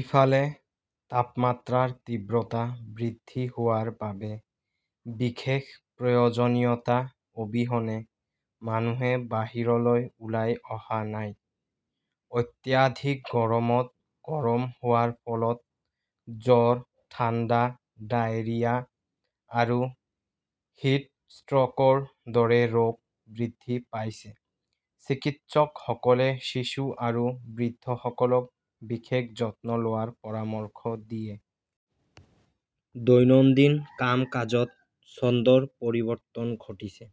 ইফালে, তাপমাত্ৰাৰ তীব্ৰতা বৃদ্ধি হোৱাৰ বাবে বিশেষ প্ৰয়োজনীয়তা অবিহনে মানুহে বাহিৰলৈ ওলাই অহা নাই। অত্যাধিক গৰমত গৰম হোৱাৰ ফলত জ্বৰ, ঠাণ্ডা, ডায়েৰিয়া আৰু হিট ষ্ট্ৰ 'কৰ দৰে ৰোগ বৃদ্ধি পাইছে। চিকিৎসকসকলে শিশু আৰু বৃদ্ধসকলক বিশেষ যত্ন লোৱাৰ পৰামৰ্শ দিয়ে। দৈনন্দিন কাম-কাজত ছন্দৰ পৰিৱৰ্তন ঘটিছে।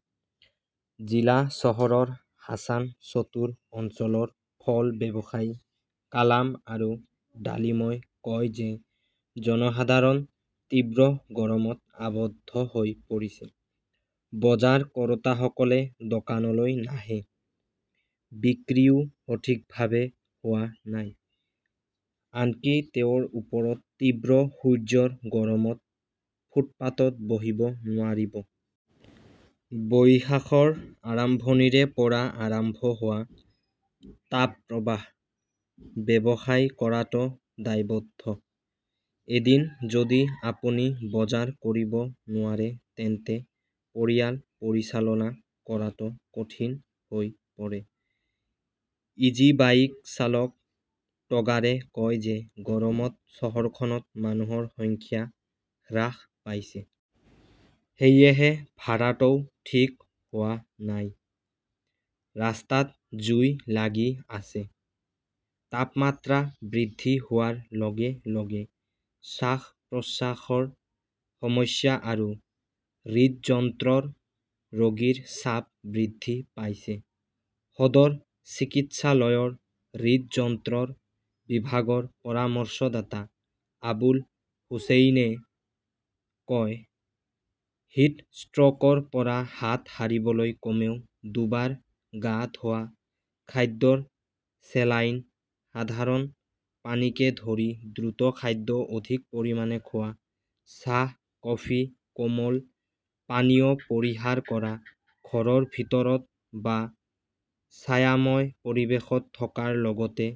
জিলা চহৰৰ হাছান চতুৰ অঞ্চলৰ ফল ব্যৱসায়ী কালাম আৰু ডালিমই কয় যে জনসাধাৰণ তীব্ৰ গৰমত আৱদ্ধ হৈ পৰিছে। বজাৰ কৰোঁতাসকলে দোকানলৈ নাহে। বিক্ৰীও সঠিকভাৱে হোৱা নাই। আনকি তেওঁৰ ওপৰত তীব্ৰ সূৰ্য্যৰ গৰমত ফুটপাতত বহিব নোৱাৰিব। বৈশাখৰ আৰম্ভণিৰে পৰা আৰম্ভ হোৱা তাপপ্ৰবাহ। ব্যৱসায় কৰাটো দায়বদ্ধ। এদিন যদি আপুনি বজাৰ কৰিব নোৱাৰে তেন্তে পৰিয়াল পৰিচালনা কৰাটো কঠিন হৈ পৰে। ইজিবাইক চালক টগাৰে কয় যে গৰমত চহৰখনত মানুহৰ সংখ্যা হ্ৰাস পাইছে। সেয়েহে ভাড়াটোও ঠিক হোৱা নাই। ৰাস্তাত জুই লাগি আছে। তাপমাত্ৰা বৃদ্ধি হোৱাৰ লগে লগে শ্বাস-প্ৰশ্বাসৰ সমস্যা আৰু হৃদযন্ত্ৰৰ ৰোগীৰ চাপ বৃদ্ধি পাইছে ", সদৰ চিকিৎসালয়ৰ হৃদযন্ত্ৰৰ বিভাগৰ পৰামৰ্শদাতা আবুল হুচেইনে কয়। হিট ষ্ট্ৰ 'কৰ পৰা হাত সাৰিবলৈ কমেও দুবাৰ গা ধোৱা, খাদ্যৰ চেলাইন, সাধাৰণ পানীকে ধৰি দ্ৰুত খাদ্য অধিক পৰিমাণে খোৱা, চাহ-কফি-কোমল পানীয় পৰিহাৰ কৰা, ঘৰৰ ভিতৰত বা ছায়াময় পৰিৱেশত থকাৰ লগতে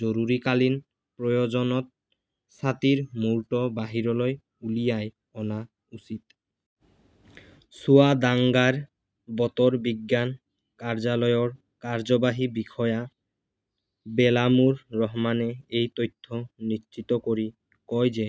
জৰুৰীকালীন প্ৰয়োজনত ছাতিৰ মূৰটো বাহিৰলৈ উলিয়াই অনা উচিত। চুৱাদাংগাৰ বতৰ বিজ্ঞান কাৰ্যালয়ৰ কাৰ্যবাহী বিষয়া বেলামুৰ ৰহমানে এই তথ্য নিশ্চিত কৰি কয় যে